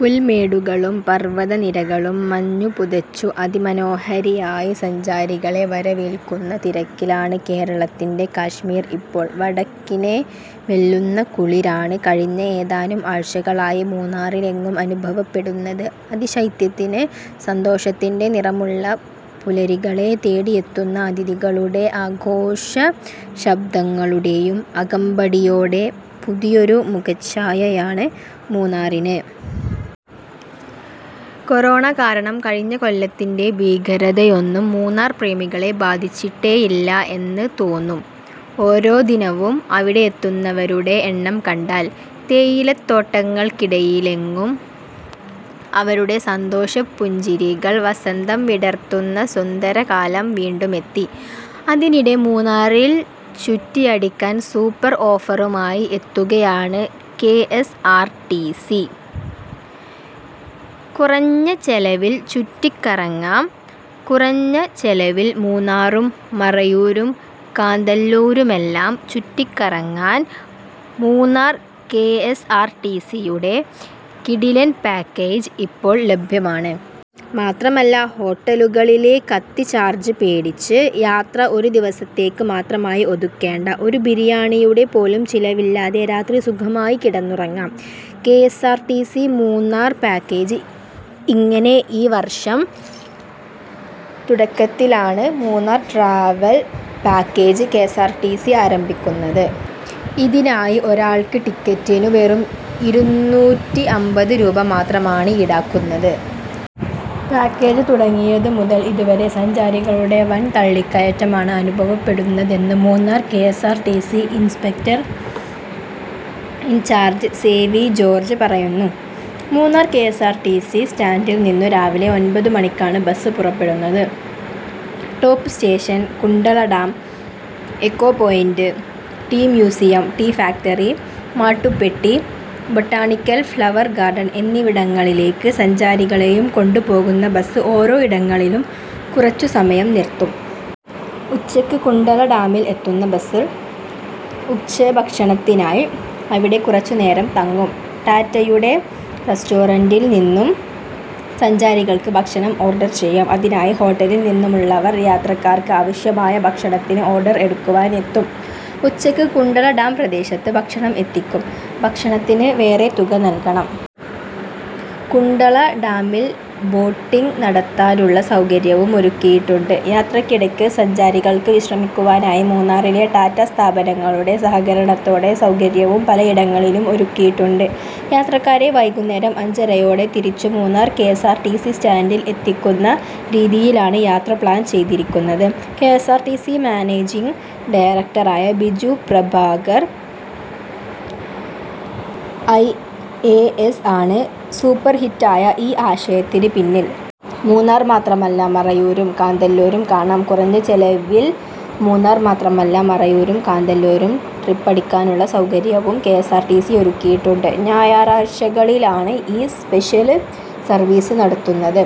പുൽമേടുകളും പർവ്വത നിരകളും മഞ്ഞു പുതച്ച്, അതി മനോഹരിയായി സഞ്ചാരികളെ വരവേൽക്കുന്ന തിരക്കിലാണ് കേരളത്തിന്റെ കശ്മീർ ഇപ്പോൾ. വടക്കിനെ വെല്ലുന്ന കുളിരാണ് കഴിഞ്ഞ ഏതാനും ആഴ്ചകളായി മൂന്നാറിലെങ്ങും അനുഭവപ്പെടുന്നത്. അതിശൈത്യത്തിന്, സന്തോഷത്തിന്റെ നിറമുള്ള പുലരികളെ തേടിയെത്തുന്ന അതിഥികളുടെ ആഘോഷശബ്ദങ്ങളുടെയും അകമ്പടിയോടെ, പുതിയൊരു മുഖച്ഛായയാണ് മൂന്നാറിന്. കൊറോണ കാരണം കഴിഞ്ഞ കൊല്ലത്തിന്റെ ഭീകരതയൊന്നും മൂന്നാർ പ്രേമികളെ ബാധിച്ചിട്ടേയില്ല എന്ന് തോന്നും ഓരോ ദിനവും ഇവിടെയെത്തുന്നവരുടെ എണ്ണം കണ്ടാൽ. തേയിലത്തോട്ടങ്ങൾക്കിടയിലെങ്ങും അവരുടെ സന്തോഷപ്പുഞ്ചിരികൾ വസന്തം വിടർത്തുന്ന സുന്ദരകാലം വീണ്ടുമെത്തി. അതിനിടെ മൂന്നാറിൽ ചുറ്റിയടിക്കാൻ സൂപ്പർ ഓഫറുമായി എത്തുകയാണ് കെഎസ്ആർടിസി. കുറഞ്ഞ ചെലവിൽ ചുറ്റി കറങ്ങാം കുറഞ്ഞ ചെലവിൽ മൂന്നാറും മറയൂരും കാന്തല്ലൂരുമെല്ലാം ചുറ്റിക്കറങ്ങാൻ മൂന്നാർ കെഎസ്ആർടിസിയുടെ കിടിലൻ പാക്കേജ് ഇപ്പോൾ ലഭ്യമാണ്. മാത്രമല്ല, ഹോട്ടലുകളിലെ ' കത്തി ചാർജ് ' പേടിച്ച്, യാത്ര ഒരു ദിവസത്തേക്ക് മാത്രമായി ഒതുക്കേണ്ട, ഒരു ബിരിയാണിയുടെ പോലും ചെലവില്ലാതെ രാത്രി സുഖമായി കിടന്നുറങ്ങാം. കെഎസ്ആർടിസി മൂന്നാർ പാക്കേജ് ഇങ്ങനെ ഈ വർഷം തുടക്കത്തിലാണ് മൂന്നാർ ട്രാവൽ പാക്കേജ് കെഎസ്ആർടിസി ആരംഭിക്കുന്നത്. ഇതിനായി, ഒരാൾക്ക് ടിക്കറ്റിനു വെറും ഇരുനൂറ്റിഅമ്പത് രൂപ മാത്രമാണ് ഈടാക്കുന്നത്. പാക്കേജ് തുടങ്ങിയത് മുതൽ ഇതുവരെ, സഞ്ചാരികളുടെ വൻ തള്ളിക്കയറ്റമാണ് അനുഭവപ്പെടുന്നതെന്ന് Munnar KSRTC inspector in charge Sevi George പറയുന്നു. മൂന്നാർ കെഎസ്ആർടിസി സ്റ്റാൻഡിൽ നിന്നു രാവിലെ ഒൻപതു മണിക്കാണ് ബസ് പുറപ്പെടുന്നത്. Top station, Kundala dam, echo point, tea museum, tea factory, Mattupetty, botanical flower garden എന്നിവിടങ്ങളിലേക്ക് സഞ്ചാരികളെയും കൊണ്ട് പോകുന്ന ബസ് ഓരോ ഇടങ്ങളിലും കുറച്ചു സമയം നിർത്തും. ഉച്ചക്ക് കുണ്ടള ഡാമിൽ എത്തുന്ന ബസ്, ഉച്ചക്ഷഭണത്തിനായി അവിടെ കുറച്ചു നേരം തങ്ങും. ടാറ്റയുടെ റസ്റ്റോറന്റിൽ നിന്നും സഞ്ചാരികൾക്ക് ഭക്ഷണം ഓർഡർ ചെയ്യാം. അതിനായി ഹോട്ടലിൽ നിന്നുമുള്ളവർ യാത്രക്കാർക്ക് ആവശ്യമായ ഭക്ഷണത്തിന് ഓർഡർ എടുക്കുവാൻ എത്തും. ഉച്ചക്ക് കുണ്ടള ഡാം പ്രദേശത്ത് ഭക്ഷണം എത്തിക്കും. ഭക്ഷണത്തിന് വേറെ തുക നൽകണം. കുണ്ടള ഡാമിൽ ബോട്ടിങ്ങ് നടത്താനുള്ള സൗകര്യവും ഒരുക്കിയിട്ടുണ്ട്. യാത്രയ്ക്കിടക്ക് സഞ്ചാരികൾക്ക് വിശ്രമിക്കുവാനായി മൂന്നാറിലെ ടാറ്റ സ്ഥാപനങ്ങളുടെ സഹകരണത്തോടെ സൗകര്യവും പലയിടങ്ങളിലും ഒരുക്കിയിട്ടുണ്ട്. യാത്രക്കാരെ വൈകുന്നേരം അഞ്ചരയോടെ തിരിച്ചു മൂന്നാർ കെഎസ്ആർടിസി സ്റ്റാന്റിൽ തന്നെ എത്തിക്കുന്ന രീതിയിലാണ് യാത്ര പ്ലാൻ ചെയ്തിരിക്കുന്നത്.. കെഎസ്ആർടിസി മാനേജിംഗ് ഡയറക്ടറായ Biju Prabhakar I A S ആണ് സൂപ്പർഹിറ്റായ ഈ ആശയത്തിന് പിന്നിൽ. മൂന്നാർ മാത്രമല്ല, മറയൂരും കാന്തല്ലൂരും കാണാം കുറഞ്ഞ ചെലവിൽ മൂന്നാർ മാത്രമല്ല, മറയൂരും കാന്തല്ലൂരും ട്രിപ്പടിക്കാനുള്ള സൗകര്യവും കെഎസ്ആർടിസി ഒരുക്കിയിട്ടുണ്ട്. ഞായറാഴ്ചകളിലാണ് ഈ സ്പെഷ്ല് സർവീസ് നടത്തുന്നത്.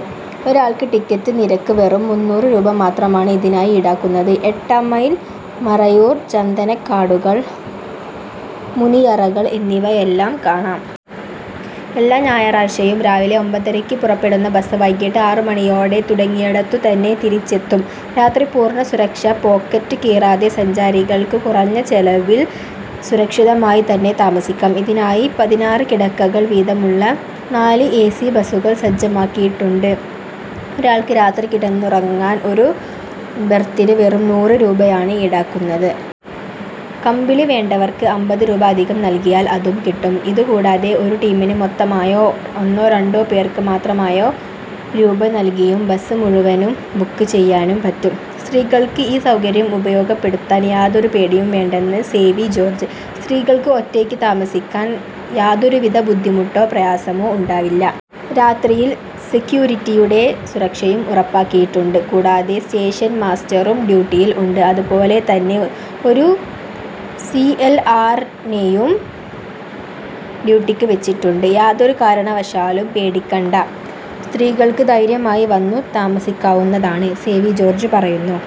ഒരാൾക്ക് ടിക്കറ്റ് നിരക്ക് വെറും മുന്നൂറ് രൂപ മാത്രമാണ് ഇതിനായി ഈടാക്കുന്നത്. എട്ടാം മൈൽ, മറയൂർ ചന്ദനക്കാടുകൾ, മുനിയറകൾ എന്നിവയെല്ലാം കാണാം. എല്ലാ ഞായറാഴ്ചയും രാവിലെ ഒമ്പതരയ്ക്ക് പുറപ്പെടുന്ന ബസ്, വൈകീട്ട് ആറു മണിയോടെ തുടങ്ങിയിടത്തു തന്നെ തിരിച്ചെത്തും. രാത്രി പൂർണ്ണ സുരക്ഷ, പോക്കറ്റ് കീറാതെ സഞ്ചാരികൾക്ക് കുറഞ്ഞ ചെലവിൽ സുരക്ഷിതമായി തന്നെ താമസിക്കാം. ഇതിനായി പതിനാറ് കിടക്കകൾ വീതമുള്ള നാല് ഏസി ബസുകൾ സജ്ജമാക്കിയിട്ടുണ്ട്. ഒരാൾക്ക് രാത്രി കിടന്നുറങ്ങാൻ, ഒരു ബെർത്തിന് വെറും നൂറ് രൂപയാണ് ഈടാക്കുന്നത്. കമ്പിളി വേണ്ടവർക്ക് അമ്പത് രൂപ അധികം നൽകിയാൽ അതും കിട്ടും. ഇതു, കൂടാതെ ഒരു ടീമിന് മൊത്തമായോ, ഒന്നോ രണ്ടോ പേർക്ക് മാത്രമായോ രൂപ നൽകിയും ബസ് മുഴുവനും ബുക്ക് ചെയ്യാനും പറ്റും. സ്ത്രീകൾക്ക് ഈ സൗകര്യം ഉപയോഗപ്പെടുത്താൻ യാതൊരു പേടിയും വേണ്ടെന്ന് സേവി ജോർജ്, " സ്ത്രീകൾക്ക് ഒറ്റയ്ക്ക് താമസിക്കാൻ യാതൊരുവിധ ബുദ്ധിമുട്ടോ പ്രയാസമോ ഉണ്ടാവില്ല. രാത്രിയിൽ സെക്യൂരിറ്റിയുടെ സുരക്ഷയും ഉറപ്പാക്കിയിട്ടുണ്ട്. കൂടാതെ സ്റ്റേഷൻ മാസ്റ്ററും ഡ്യൂട്ടിയിൽ ഉണ്ട്, അതുപോലെതന്നെ ഒരു സി എൽ ആർ നെയും ഡ്യൂട്ടിക്ക് വെച്ചിട്ടുണ്ട്. യാതൊരു കാരണവശാലും പേടിക്കണ്ട, സ്ത്രീകൾക്ക് ധൈര്യമായി വന്നു താമസിക്കാവുന്നതാണ് " സേവി ജോർജ് പറയുന്നു.